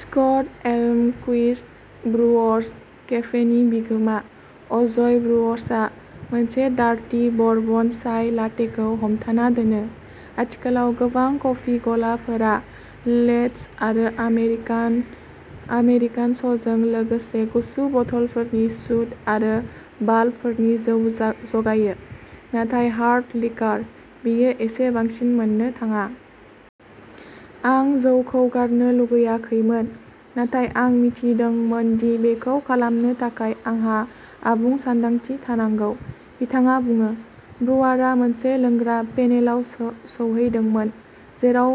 Scott Elmquist Brewers केफेनि बिगोमा अजय ब्रुअर्सआ मोनसे डार्टि बरबन चाइ लाटेखौ हमथाना दोनो। आथिखालाव, गोबां कफि गलाफोरा लेट्स आरो आमेरिकान'सजों लोगोसे गुसु बथलफोरनि सुड आरो बाल्बफोरनि जौ जगायो। नाथाय हार्ड लिकार? बेयो एसे बांसिन मोननो थाङा। "आं जौखौ गारनो लुगैयाखैमोन, नाथाय आं मिथिदोंमोन दि बेखौ खालामनो थाखाय आंहा आबुं सानदांथि थानांगौ", बिथाङा बुङो। ब्रुआरआ मोनसे लोंग्रा पेनेलाव सौहैदोंमोन जेराव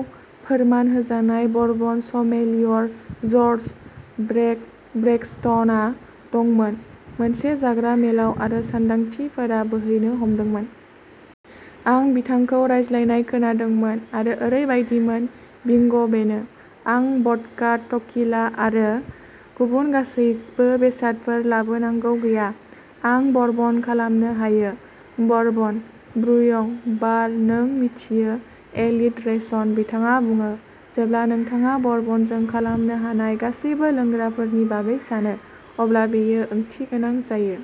फोरमान होजानाय bourbon sommelier George "Brake" Braxton दंमोन मोनसे जाग्रा मेलाव आरो सानदांथिफोरा बोहैनो हमदोंमोन। "आं बिथांखौ रायज्लायनाय खोनादोंमोन आरो ओरैबायदिमोनः बिंग': बेनो। आं भदका, टकीला आरो गुबुन गासैबो बेसादफोर लाबोनांगौ गैया। आं बरबन खालामनो हायो। बरबन। ब्रुइं। बार। नों मिथियो, एलितरेशन", बिथाङा बुङो। "जेब्ला नोंथाङा बरबनजों खालामनो हानाय गासैबो लोंग्राफोरनि बागै सानो, अब्ला बेयो ओंथिगोनां जायो।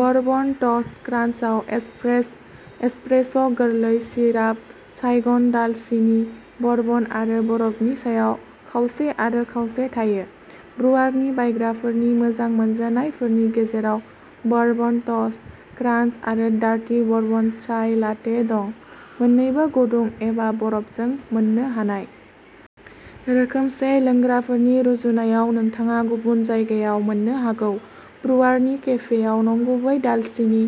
बरबन टस्ट क्रान्चआव एस्प्रेस', गोरलै सिराप, साइगन दालसिनि, बरबन आरो बरफनि सायाव खावसे आरो खावसे थायो। ब्रुआरनि बायग्राफोरनि मोजां मोनजानायफोरनि गेजेराव बरबन टस्ट क्रान्च आरो डार्टि बरबन चाइ लाटे दं, मोननैबो गुदुं एबा बरफजों मोननो हानाय। रोखोमसे लोंग्राफोरनि रुजुनायाव नोंथाङा गुबुन जायगायाव मोननो हागौ, ब्रुआरनि केफेआव नंगुबै दालसिनि,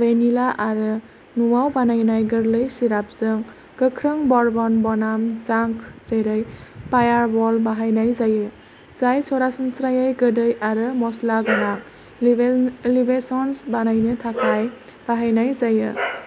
भेनिला आरो न'आव बानायनाय गोरलै सिरापजों गोख्रों बरबन बनाम जांक जेरै फायारबल बाहायनाय जायो, जाय सरासनस्रायै गोदै आरो मसलागोनां लिबेशन्स बानायनो थाखाय बाहायनाय जायो।